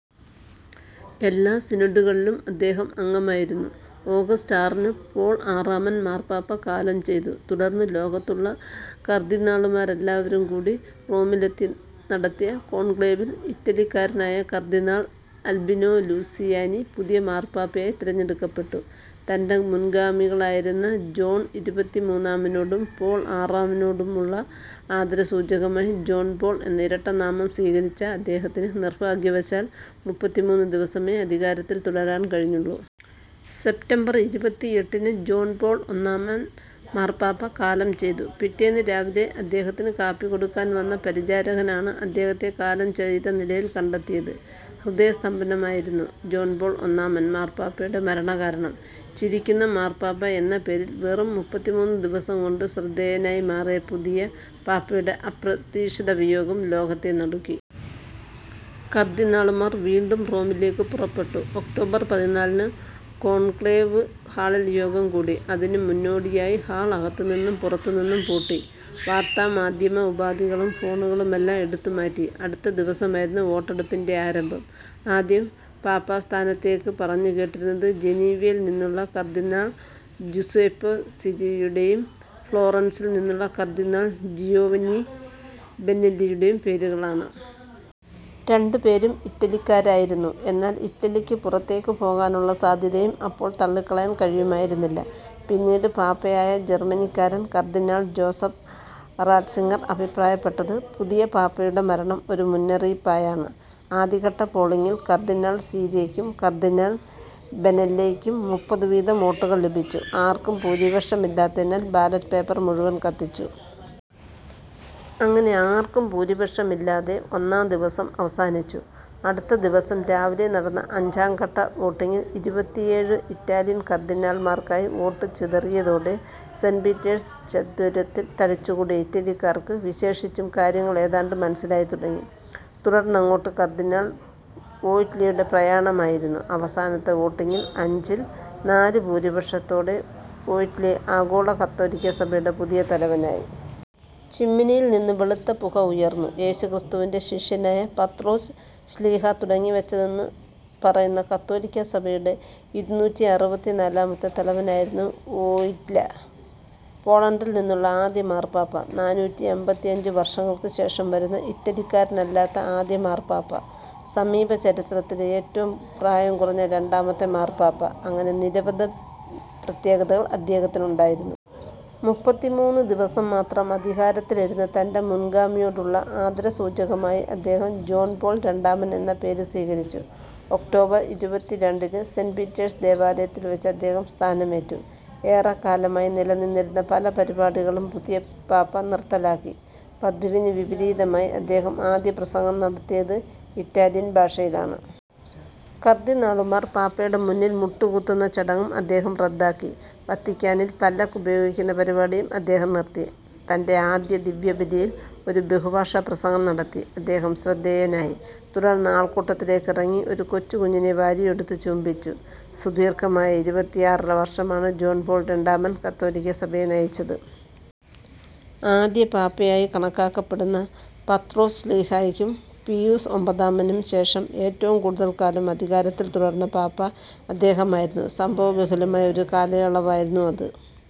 എല്ലാ സിനഡുകളിലും അദ്ദേഹം അംഗമായിരുന്നു. ഓഗസ്റ്റ് ആറിന് പോൾ ആറാമൻ മാർപ്പാപ്പ കാലം ചെയ്തു. തുടർന്ന് ലോകത്തുള്ള കർദ്ദിനാളുമാരെല്ലാവരും കൂടി റോമിലെത്തി നടത്തിയ കോൺക്ലേവിൽ ഇറ്റലിക്കാരനായ കർദ്ദിനാൾ അൽബിനോ ലൂസിയാനി പുതിയ മാർപ്പാപ്പയായി തിരഞ്ഞെടുക്കപ്പെട്ടു. തന്റെ മുൻഗാമികളായിരുന്ന ജോൺ ഇരുപത്തിമൂന്നാമനോടും പോൾ ആറാമനോടുമുള്ള ആദരസൂചകമായി 'ജോൺ പോൾ' എന്ന ഇരട്ടനാമം സ്വീകരിച്ച അദ്ദേഹത്തിന്, നിർഭാഗ്യവശാൽ മുപ്പത്തിമൂന്ന് ദിവസമേ അധികാരത്തിൽ തുടരാൻ കഴിഞ്ഞുള്ളൂ. സെപ്റ്റംബർ ഇരുപത്തിഎട്ടിന് ജോൺ പോൾ ഒന്നാമൻ മാർപ്പാപ്പ കാലം ചെയ്തു. പിറ്റേന്ന് രാവിലെ അദ്ദേഹത്തിന് കാപ്പി കൊടുക്കാൻ വന്ന പരിചാരകനാണ് അദ്ദേഹത്തെ കാലം ചെയ്ത നിലയിൽ കണ്ടെത്തിയത്. ഹൃദയസ്തംഭനമായിരുന്നു ജോൺ പോൾ ഒന്നാമൻ മാർപ്പാപ്പയുടെ മരണകാരണം. 'ചിരിയ്ക്കുന്ന മാർപ്പാപ്പ' എന്ന പേരിൽ വെറും മുപ്പത്തിമൂന്ന് ദിവസം കൊണ്ട് ശ്രദ്ധേയനായി മാറിയ പുതിയ പാപ്പയുടെ അപ്രതീക്ഷിതവിയോഗം ലോകത്തെ നടുക്കി. കർദ്ദിനാളുമാർ വീണ്ടും റോമിലേയ്ക്ക് പുറപ്പെട്ടു. ഒക്ടോബർ പതിനാലിന് കോൺക്ലേവ് ഹാളിൽ യോഗം കൂടി. അതിന് മുന്നോടിയായി ഹാൾ അകത്തുനിന്നും പുറത്തുനിന്നും പൂട്ടി. വാർത്താമാധ്യമ ഉപാധികളും ഫോണുകളുമെല്ലാം എടുത്തുമാറ്റി. അടുത്ത ദിവസമായിരുന്നു വോട്ടെടുപ്പിന്റെ ആരംഭം. ആദ്യം പാപ്പാസ്ഥാനത്തേയ്ക്ക് പറഞ്ഞുകേട്ടിരുന്നത് ജനീവയിൽ നിന്നുള്ള കർദ്ദിനാൾ ജുസപ്പേ സീരിയുടെയും ഫ്ലോറൻസിൽ നിന്നുള്ള കർദ്ദിനാൾ ജിയോവന്നി ബെന്നെല്ലിയുടെയും പേരുകളാണ്. രണ്ടുപേരും ഇറ്റലിക്കാരായിരുന്നു. എന്നാൽ, ഇറ്റലിയ്ക്ക് പുറത്തേയ്ക്ക് പോകാനുള്ള സാധ്യതയും അപ്പോൾ തള്ളിക്കളയാൻ കഴിയുമായിരുന്നില്ല. പിന്നീട് പാപ്പയായ ജർമ്മനിക്കാരൻ കർദ്ദിനാൾ ജോസഫ് റാറ്റ്സിങ്ങർ അഭിപ്രായപ്പെട്ടത് പുതിയ പാപ്പയുടെ മരണം ഒരു മുന്നറിയിപ്പായാണ്. ആദ്യഘട്ട പോളിങ്ങിൽ കർദ്ദിനാൾ സീരിയ്ക്കും കർദ്ദിനാൾ ബെനെല്ലിയ്ക്കും മുപ്പത് വീതം വോട്ടുകൾ ലഭിച്ചു. ആർക്കും ഭൂരിപക്ഷമില്ലാത്തതിനാൽ ബാലറ്റ് പേപ്പർ മുഴുവൻ കത്തിച്ചു. അങ്ങനെ ആർക്കും ഭൂരിപക്ഷമില്ലാതെ ഒന്നാം ദിവസം അവസാനിച്ചു. അടുത്ത ദിവസം രാവിലെ നടന്ന അഞ്ചാം ഘട്ട വോട്ടിങ്ങിൽ ഇരുപത്തിഏഴ് ഇറ്റാലിയൻ കർദ്ദിനാൾമാർക്കായി വോട്ട് ചിതറിയതോടെ സെന്റ് പീറ്റേഴ്സ് ചത്വരത്തിൽ തടിച്ചുകൂടിയ ഇറ്റലിക്കാർക്ക് വിശേഷിച്ചും കാര്യങ്ങൾ ഏതാണ്ട് മനസ്സിലായിത്തുടങ്ങി. തുടർന്നങ്ങോട്ട് കർദ്ദിനാൾ വോയ്റ്റീലയുടെ പ്രയാണമായിരുന്നു. അവസാനത്തെ വോട്ടിങ്ങിൽ അഞ്ചിൽ നാല് ഭൂരിപക്ഷത്തോടെ വോയ്റ്റീല ആഗോള കത്തോലിക്കാസഭയുടെ പുതിയ തലവനായി. ചിമ്മിനിയിൽ നിന്ന് വെളുത്ത പുക ഉയർന്നു. യേശുക്രിസ്തുവിന്റെ ശിഷ്യനായ പത്രോസ് ശ്ലീഹാ തുടങ്ങിവച്ചതെന്ന് പറയുന്ന കത്തോലിക്കാസഭയുടെ ഇരുന്നൂറ്റിഅറുപത്തിനാലാമത്തെ തലവനായിരുന്നു വോയ്റ്റീല. പോളണ്ടിൽ നിന്നുള്ള ആദ്യ മാർപ്പാപ്പ, നാനൂറ്റിഅമ്പത്തിയഞ്ചു വർഷങ്ങൾക്കുശേഷം വരുന്ന ഇറ്റലിക്കാരനല്ലാത്ത ആദ്യ മാർപ്പാപ്പ, സമീപ ചരിത്രത്തിലെ ഏറ്റവും പ്രായം കുറഞ്ഞ രണ്ടാമത്തെ മാർപ്പാപ്പ അങ്ങനെ നിരവധി പ്രത്യേകതകൾ അദ്ദേഹത്തിനുണ്ടായിരുന്നു മുപ്പത്തിമൂന്ന് ദിവസം മാത്രം അധികാരത്തിലിരുന്ന തന്റെ മുൻഗാമിയോടുള്ള ആദരസൂചകമായി അദ്ദേഹം ജോൺ പോൾ രണ്ടാമൻ എന്ന പേര് സ്വീകരിച്ചു. ഒക്ടോബർ ഇരുപത്തിരണ്ടിന് സെന്റ് പീറ്റേഴ്സ് ദേവാലയത്തിൽ വച്ച് അദ്ദേഹം സ്ഥാനമേറ്റു. ഏറെക്കാലമായി നിലനിന്നിരുന്ന പല പരിപാടികളും പുതിയ പാപ്പ നിർത്തലാക്കി. പതിവിന് വിപരീതമായി അദ്ദേഹം ആദ്യ പ്രസംഗം നടത്തിയത് ഇറ്റാലിയൻ ഭാഷയിലാണ്. കർദ്ദിനാളുമാർ പാപ്പയുടെ മുന്നിൽ മുട്ടുകുത്തുന്ന ചടങ്ങും അദ്ദേഹം റദ്ദാക്കി. വത്തിക്കാനിൽ പല്ലക്ക് ഉപയോഗിക്കുന്ന പരിപാടിയും അദ്ദേഹം നിർത്തി. തന്റെ ആദ്യ ദിവ്യബലിയിൽ ഒരു ബഹുഭാഷാപ്രസംഗം നടത്തി അദ്ദേഹം ശ്രദ്ധേയനായി. തുടർന്ന് ആൾക്കൂട്ടത്തിലേക്കിറങ്ങി ഒരു കൊച്ചുകുഞ്ഞിനെ വാരിയെടുത്ത് ചുംബിച്ചു. സുദീർഘമായ ഇരുപത്തിയാറര വർഷമാണ് ജോൺ പോൾ രണ്ടാമൻ കത്തോലിക്കാ സഭയെ നയിച്ചത്. ആദ്യ പാപ്പയായി കണക്കാക്കപ്പെടുന്ന പത്രോസ് ശ്ലീഹായ്ക്കും, പീയൂസ് ഒമ്പതാമനും ശേഷം ഏറ്റവും കൂടുതൽ കാലം അധികാരത്തിൽ തുടർന്ന പാപ്പ അദ്ദേഹമായിരുന്നു. സംഭവബഹുലമായ ഒരു കാലയളവായിരുന്നു അത്.